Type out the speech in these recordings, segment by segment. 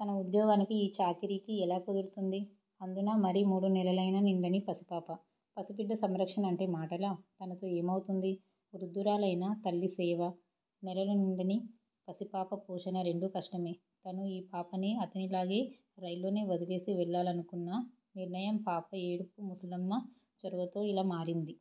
తన ఉద్యోగానికి యీ చాకిరికీ ఎలా కుదురుతుంది. అందునా మరీ మూడు నెలలయినా నిండని పసిపాప! పసిబిడ్డ సంరక్షణ అంటే మాటలా! తనతో ఏమవుతుంది వృద్దురాలైన తల్లి సేవ, నెలలు నిండని పసిపాప పోషణ రెండూ కష్టమే! తను యీ పాపని అతనిలాగే రైల్లోనే వదిలేసి వెళ్ళాలనుకున్న నిర్ణయం పాప ఏడుపూ ముసలమ్మ చొరవతో యిల మారింది.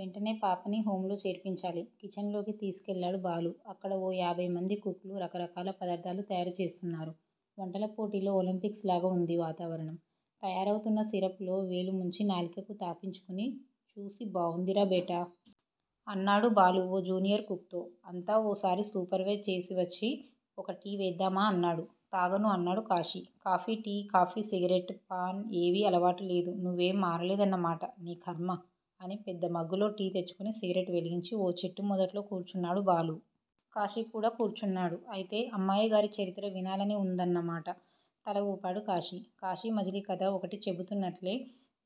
వెంటనే పాపని హొంలో చేర్పించాలి. కిచెన్ లోకి తీసుకెళ్ళాడు బాలు. అక్కడ ఓ యాభై మంది కుక్ లు రకరకాల పదార్థాలు తయారు చేస్తున్నారు. వంటల పోటీల్లో ఒలింపిక్స్ లాగా ఉంది వాతావరణం. తయారవుతున్న సిరప్ లో వేలు ముంచి నాలికకు తాకించుకుని చూసి బావుందిరా బేటా! అన్నాడు బాలూ ఓ జూనియర్ కుక్ తో. అంతా ఓసారి సూపర్ వైజ్ చేసివచ్చి ఒక టీ వేద్దామా! అన్నాడు. తాగను అన్నాడు Kashi. Coffee tea, coffee, cigarette, paan ఏవీ అలవాటు లేదు నువ్వేం మారలేదన్నమాట! నీ ఖర్మ! అని పెద్ద మగ్గులో టీ తెచ్చుకుని సిగరెట్ వెలిగించి ఓ చెట్టు మొదట్లో కూర్చున్నాడు బాలూ. కాశీ కూడా కూర్చున్నాడు. అయితే అమ్మాయిగారి చరిత్ర వినాలని ఉందన్నమాట! తలఊపాడు కాశీ. కాశీమజిలీ కథ ఒకటి చెబుతున్నట్లే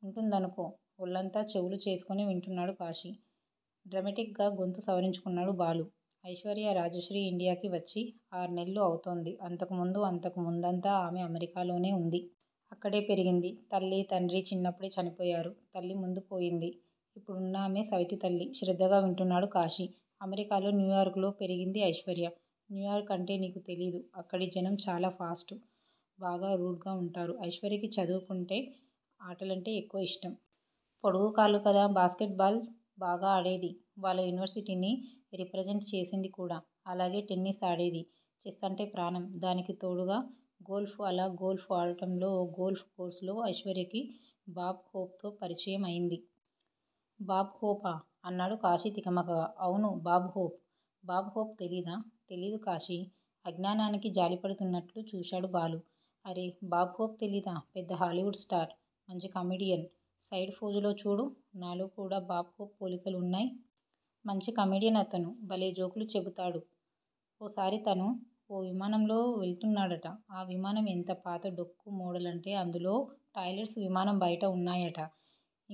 ఉంటుందనుకో! ఒళ్ళంతా చెవులు చేసుకుని వింటున్నాడు కాశీ. డ్రమెటిక్ గా గొంతు సవరించుకున్నాడు బాలూ. ఐశ్వర్య రాజ్యశ్రీ ఇండియాకి వచ్చి ఆర్నెల్లు అవుతోంది అంతకు ముందు అంతకు ముందంతా ఆమె అమెరికాలోనే ఉంది. అక్కడే పెరిగింది. తల్లీతండ్రీ చిన్నప్పుడే చనిపోయారు. తల్లి ముందు పోయింది. ఇప్పుడున్నామె సవతి తల్లి. శ్రద్ధగా వింటున్నాడు కాశీ. అమెరికాలో న్యూయార్క్ లో పెరిగింది ఐశ్వర్య. న్యూయార్క్ అంటే నీకు తెలీదు. అక్కడి జనం చాలా ఫాస్టు. బాగా రూడ్ గా ఉంటారు. ఐశ్వర్యకి చదువుకంటే ఆటలంటే ఎక్కువ ఇష్టం. పొడుగు కాళ్ళు కదా. బాస్కెట్ బాల్ బాగా ఆడేది. వాళ్ళ యూనివర్సిటీని రిప్రజెంట్ చేసింది కూడా. అలాగే టెన్నిస్ ఆడేది. ఛెస్ అంటే ప్రాణం. దానికి తోడుగా గోల్ఫ్ అలా గోల్ఫ్ ఆడటంలో ఓ గోల్ఫ్ కోర్సులో ఐశ్వర్యకి బాబ్ హోప్ తో పరిచయం అయింది. బాబ్ హోపా? అన్నాడు కాశీ తికమకగా. అవును. Bob Hope. బాబ్ హోప్ తెలీదా? తెలీదు కాశీ అజ్ఞానానికి జాలిపడుతున్నట్లు చూశాడు బాలూ. అరె బాబ్ హోప్ తెలీదా! పెద్ద హాలివుడ్ స్టార్. మంచి కమెడియన్. సైడ్ ఫోజులో చూడు. నాలో కూడా బాబ్ హోప్ పోలికలు ఉన్నాయ్. మంచి కమెడియన్ అతను. బలే జోకులు చెబుతాడు. ఓసారి తను ఓ విమానంలో వెళ్తున్నాడుట. ఆ విమానం ఎంత పాత డొక్కు మోడలంటే అందులో టాయ్ లెట్స్ విమానం బయట ఉన్నాయట.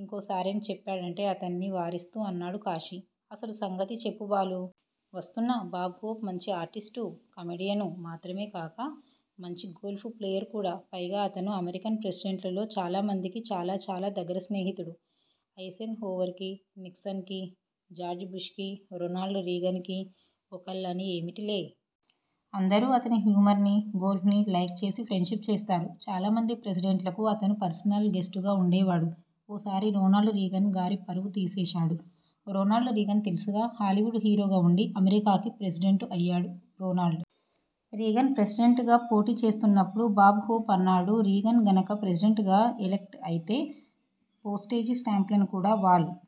ఇంకోసారేం చెప్పాడంటే అతన్ని వారిస్తూ అన్నాడు కాశీ. అసలు సంగతి చెప్పు బాలూ. వస్తున్నా. బాబ్ హోప్ మంచి ఆర్టిస్టూ, కమేడియనూ మాత్రమే కాక మంచి గోల్ఫ్ ప్లేయర్ కూడా. పైగా అతను అమెరికన్ ప్రెసిడెంట్లలో చాలా మందికి చాలా చాలా దగ్గర స్నేహితుడు. ఐసెన్ హోవర్ కి, నిక్సన్ కి, జార్జ్ బుష్ కీ, రొనాల్డ్ రీగన్ కి ఒకళ్ళని ఏమిటిలే. అందరూ అతని హ్యూమర్ నీ, గోల్ఫ్ నీ లైక్ చేసి ఫ్రెండ్ షిప్ చేస్తారు. చాలామంది ప్రెసిడెంట్లకు అతను పర్సనల్ గెస్టుగా ఉండేవాడు. ఓసారి రొనాల్డ్ రీగన్ గారి పరువు తీసేశాడు. రొనాల్డ్ రీగన్ తెలుసుగా. హాలివుడ్ హీరోగా ఉండి అమెరికాకి ప్రెసిడెంటు అయ్యాడు. రోనాల్డ్ రీగన్ ప్రెసిడెంట్ గా పోటీ చేస్తున్నప్పుడు బాబ్ హోప్ అన్నాడూ రీగన్ గనక ప్రెసిడెంట్ గా ఎలెక్ట్ అయితే, పోస్టేజి స్టాంపులని కూడా వాల్